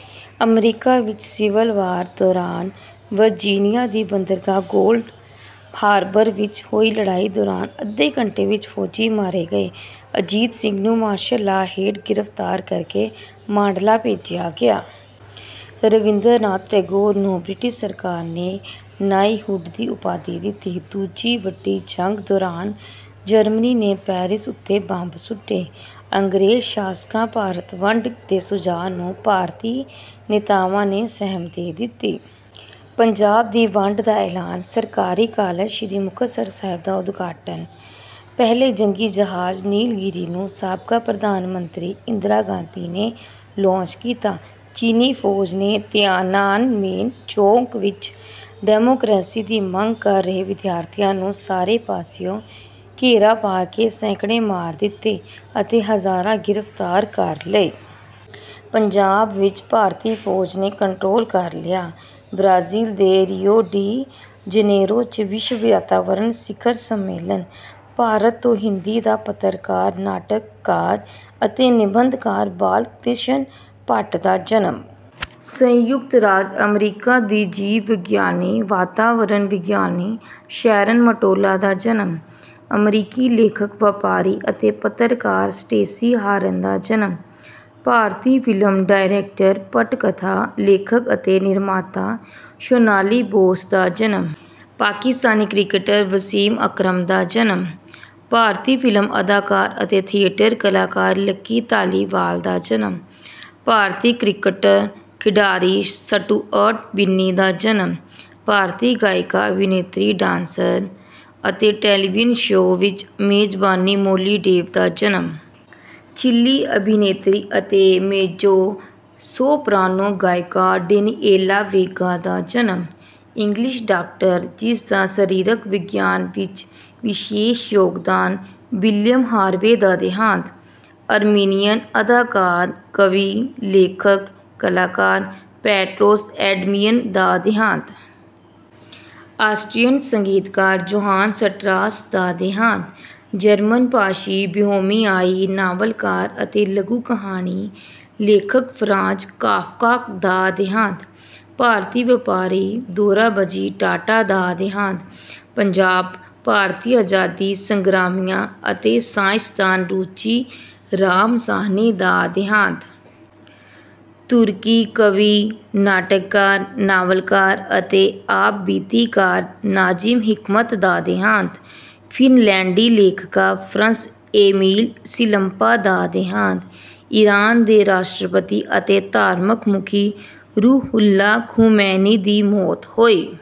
– America ਵਿੱਚ civil war ਦੌਰਾਨ Virginia ਦੀ ਬੰਦਰਗਾਹ ਕੋਲਡ ਹਾਰਬਰ ਵਿੱਚ ਹੋਈ ਲੜਾਈ ਦੌਰਾਨ ਅੱਧੇ ਘੰਟੇ ਵਿੱਚ ਫ਼ੌਜੀ ਮਾਰੇ ਗਏ। – ਅਜੀਤ ਸਿੰਘ ਨੂੰ ਮਾਰਸ਼ਲ ਲਾਅ ਹੇਠ ਗ੍ਰਿਫ਼ਤਾਰ ਕਰ ਕੇ ਮਾਂਡਲਾ ਭੇਜਿਆ ਗਿਆ। – ਰਵਿੰਦਰਨਾਥ ਟੈਗੋਰ ਨੂੰ ਬ੍ਰਿਟਿਸ਼ ਸਰਕਾਰ ਨੇ ਨਾਈਹੁਡ ਦੀ ਉਪਾਧੀ ਦਿੱਤੀ। – ਦੂਜੀ ਵੱਡੀ ਜੰਗ ਦੌਰਾਨ ਜਰਮਨੀ ਨੇ ਪੈਰਿਸ ਉਤੇ ਬੰਬ ਸੁੱਟੇ। – ਅੰਗਰੇਜ਼ ਸ਼ਾਸਕਾਂ ਭਾਰਤ ਵੰਡ ਦੇ ਸੁਝਾਅ ਨੂੰ ਭਾਰਤੀ ਨੇਤਾਵਾਂ ਨੇ ਸਹਿਮਤੀ ਦਿੱਤੀ। ਪੰਜਾਬ ਦੀ ਵੰਡ ਦਾ ਐਲਾਨ। – ਸਰਕਾਰੀ ਕਾਲਜ ਸ੍ਰੀ ਮੁਕਤਸਰ ਸਾਹਿਬ ਦਾ ਉਦਘਾਟਨ। – ਪਹਿਲੇ ਜੰਗੀ ਜਹਾਜ਼ ਨੀਲਗਿਰੀ ਨੂੰ ਸਾਬਕਾ ਪ੍ਰਧਾਨ ਮੰਤਰੀ ਇੰਦਰਾ ਗਾਂਧੀ ਨੇ ਲਾਂਚ ਕੀਤਾ। – ਚੀਨੀ ਫ਼ੌਜ ਨੇ ਤੀਆਨਾਨਮੇਨ ਚੌਕ ਵਿੱਚ ਡੈਮੋਕਰੇਸੀ ਦੀ ਮੰਗ ਕਰ ਰਹੇ ਵਿਦਿਆਰਥੀਆਂ ਨੂੰ ਸਾਰੇ ਪਾਸਿਉਂ ਘੇਰਾ ਪਾ ਕੇ ਸੈਂਕੜੇ ਮਾਰ ਦਿਤੇ ਅਤੇ ਹਜ਼ਾਰਾਂ ਗ੍ਰਿਫ਼ਤਾਰ ਕਰ ਲਏ। – ਪੰਜਾਬ ਵਿੱਚ ਭਾਰਤੀ ਫ਼ੌਜ ਨੇ ਕੰਟਰੋਲ ਕਰ ਲਿਆ। – ਬ੍ਰਾਜ਼ੀਲ ਦੇ ਰਿਓ ਡੀ ਜਨੇਰੋ 'ਚ ਵਿਸ਼ਵ ਵਾਤਾਵਰਣ ਸਿਖਰ ਸੰਮੇਲਨ। – ਭਾਰਤ ਤੋਂ ਹਿੰਦੀ ਦਾ ਪੱਤਰਕਾਰ, ਨਾਟਕਕਾਰ ਅਤੇ ਨਿਬੰਧਕਾਰ ਬਾਲ ਕ੍ਰਿਸ਼ਨ ਭੱਟ ਦਾ ਜਨਮ। – ਸੰਯੁਕਤ ਰਾਜ ਅਮਰੀਕਾ ਦੀ ਜੀਵ ਵਿਗਿਆਨੀ, ਵਾਤਾਵਰਣ ਵਿਗਿਆਨੀ ਸ਼ੈਰਨ ਮਟੋਲਾ ਦਾ ਜਨਮ। – ਅਮਰੀਕੀ ਲੇਖਕ, ਵਪਾਰੀ ਅਤੇ ਪੱਤਰਕਾਰ ਸਟੇਸੀ ਹਾਰਨ ਦਾ ਜਨਮ। – ਭਾਰਤੀ ਫਿਲਮ ਡਾਇਰੈਕਟਰ, ਪਟਕਥਾ ਲੇਖਕ ਅਤੇ ਨਿਰਮਾਤਾ ਸ਼ੋਨਾਲੀ ਬੋਸ ਦਾ ਜਨਮ। – ਪਾਕਿਸਤਾਨੀ ਕ੍ਰਿਕਟਰ ਵਸੀਮ ਅਕਰਮ ਦਾ ਜਨਮ। – ਭਾਰਤੀ ਫ਼ਿਲਮ ਅਦਾਕਾਰ ਅਤੇ ਥੀਏਟਰ ਕਲਾਕਾਰ ਲੱਕੀ ਧਾਲੀਵਾਲ ਦਾ ਜਨਮ। – ਭਾਰਤੀ ਕ੍ਰਿਕਟ ਖਿਡਾਰੀ ਸਟੂਅਰਟ ਬਿੰਨੀ ਦਾ ਜਨਮ। – ਭਾਰਤੀ ਗਾਇਕਾ, ਅਭਿਨੇਤਰੀ, ਡਾਂਸਰ ਅਤੇ ਟੈਲੀਵੀਯਨ ਸ਼ੋਅ ਵਿੱਚ ਮੇਜ਼ਬਾਨੀ ਮੌਲੀ ਡੇਵ ਦਾ ਜਨਮ। – ਚਿਲੀ ਅਭਿਨੇਤਰੀ ਅਤੇ ਮੇਜੋ-ਸੋਪ੍ਰਾਨੋ ਗਾਇਕਾ ਡੇਨੀਏਲਾ ਵੇਗਾ ਦਾ ਜਨਮ। – ਇੰਗਲਿਸ਼ ਡਾਕਟਰ ਜਿਸ ਦਾ ਸਰੀਰਕ ਵਿਗਿਆਨ ਵਿੱਚ ਵਿਸ਼ੇਸ਼ ਯੋਗਦਾਨ ਵਿਲੀਅਮ ਹਾਰਵੇ ਦਾ ਦਿਹਾਂਤ। – ਅਰਮੀਨੀਅਨ ਅਦਾਕਾਰ, ਕਵੀ, ਲੇਖਕ, ਕਲਾਕਾਰ ਪੈਟਰੋਸ ਐਡਮਿਅਨ ਦਾ ਦਿਹਾਂਤ। – ਆਸਟ੍ਰੀਅਨ ਸੰਗੀਤਕਾਰ ਜੋਹਾਨ ਸਟਰਾਸ ਦਾ ਦਿਹਾਂਤ। – ਜਰਮਨ ਭਾਸ਼ੀ ਬੋਹੇਮੀਆਈ ਨਾਵਲਕਾਰ ਅਤੇ ਲਘੂ-ਕਹਾਣੀ ਲੇਖਕ ਫ਼ਰਾਂਜ਼ ਕਾਫ਼ਕਾ ਦਾ ਦਿਹਾਂਤ। – ਭਾਰਤੀ ਵਪਾਰੀ ਦੋਰਾਬਜੀ ਟਾਟਾ ਦਾ ਦਿਹਾਂਤ। – ਪੰਜਾਬ, ਭਾਰਤੀ ਆਜ਼ਾਦੀ ਸੰਗਰਾਮੀਆ ਅਤੇ ਸਾਇੰਸਦਾਨ ਰੁਚੀ ਰਾਮ ਸਾਹਨੀ ਦਾ ਦਿਹਾਂਤ। – ਤੁਰਕੀ ਕਵੀ, ਨਾਟਕਕਾਰ, ਨਾਵਲਕਾਰ ਅਤੇ ਆਪਬੀਤੀਕਾਰ ਨਾਜ਼ਿਮ ਹਿਕਮਤ ਦਾ ਦਿਹਾਂਤ। – ਫ਼ਿਨਲੈਂਡੀ ਲੇਖਕਾਂ ਫ਼ਰੰਸ ਏਮੀਲ ਸਿਲੰਪਾ ਦਾ ਦਿਹਾਂਤ। – ਇਰਾਨ ਦੇ ਰਾਸ਼ਟਰਪਤੀ ਅਤੇ ਧਾਰਮਕ ਮੁਖੀ ਰੂਹੁੱਲਾ ਖ਼ੁਮੈਨੀ ਦੀ ਮੌਤ ਹੋਈ।